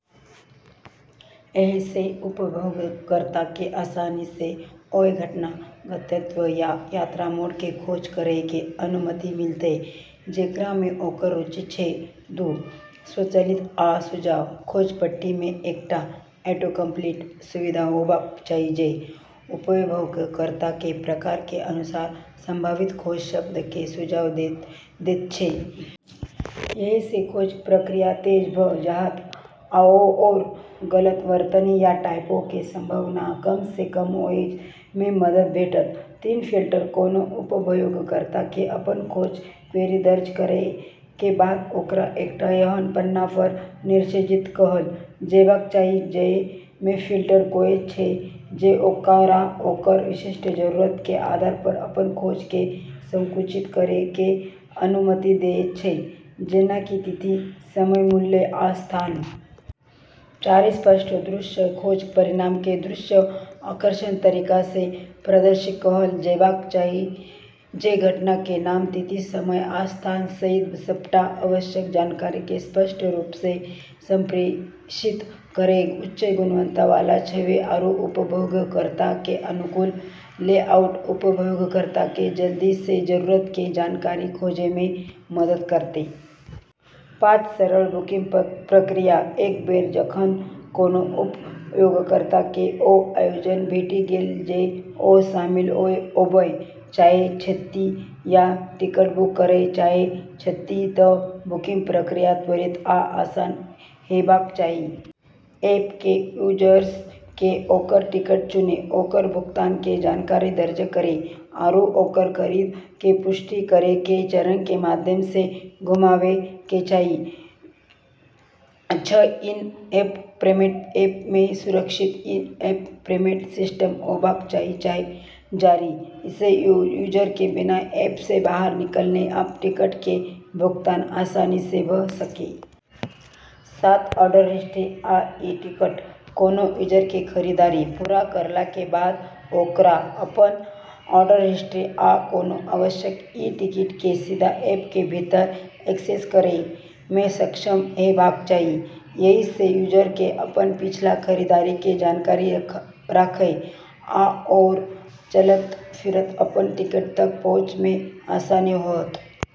एहिसँ उपयोगकर्ता केँ आसानी सँ ओय घटना, गंतव्य, या यात्रा मोड केँ खोज करय के अनुमति मिलतय, जेकरा मे ओकर रुचि छै। दू. स्वचालित आ सुझाव: खोज पट्टी मे एकटा ऑटोकम्पलीट सुविधा होबाक चाही जे उपयोगकर्ता के प्रकार के अनुसार संभावित खोज शब्द के सुझाव दैत छै। एहि सँ खोज प्रक्रिया तेज भऽ जाएत आओर गलत वर्तनी या टाइपो के संभावना कम सँ कम होए मे मदद भेटत। तीन. फिल्टर: कोनो उपयोगकर्ता के अपन खोज क्वेरी दर्ज करय के बाद ओकरा एकटा एहन पन्ना पर निर्देशित कएल जेबाक चाही जइ मे फिल्टर होयत छै जे ओकरा ओकर विशिष्ट जरूरत के आधार पर अपन खोज के संकुचित करय के अनुमति देयत छै, जेना कि तिथि, समय, मूल्य, आ स्थान। चारि. स्पष्ट दृश्य: खोज परिणाम के दृश्य आकर्षक तरीका सँ प्रदर्शित कएल जेबाक चाही जे घटना के नाम, तिथि, समय, आ स्थान सहित सबटा आवश्यक जानकारी के स्पष्ट रूप सँ संप्रेषित करय। उच्च गुणवत्ता वाला छवि आरू उपयोगकर्ता के अनुकूल लेआउट उपयोगकर्ता केँ जल्दी सँ जरूरत के जानकारी खोजै मे मदद करतै। पाँच. सरल बुकिंग प्रक्रिया: एक बेर जखन कोनो उपयोगकर्ता के ओ आयोजन भेटि गेल जे ओ शामिल होबय चाहैत छथि या टिकट बुक करय चाहैत छथि तऽ बुकिंग प्रक्रिया त्वरित आ आसान हेबाक चाही। ऐप केँ यूजर्स के ओकर टिकट चुनै, ओकर भुगतान के जानकारी दर्ज करै, आरू ओकर खरीद के पुष्टि करै के चरण के माध्यम सँ घुमाबै के चाही। छः. इन-एप पेमेंट: ऐप मे सुरक्षित इन-एप पेमेंट सिस्टम होबाक चाही जाहि सँ यूजर के बिना ऐप सँ बाहर निकलने अपन टिकट के भुगतान आसानी सँ भऽ सकै। सात. ऑर्डर हिस्ट्री आ ई-टिकट: कोनो यूजर के खरीदारी पूरा करला के बाद ओकरा अपन ऑर्डर हिस्ट्री आ कोनो आवश्यक ई-टिकट के सीधा ऐप के भीतर एक्सेस करय मे सक्षम हेबाक चाही। एहि सँ यूजर के अपन पिछला खरीदारी के जानकारी राखय आओर चलैत-फिरैत अपन टिकट तक पहुँचय मे आसानी होएत।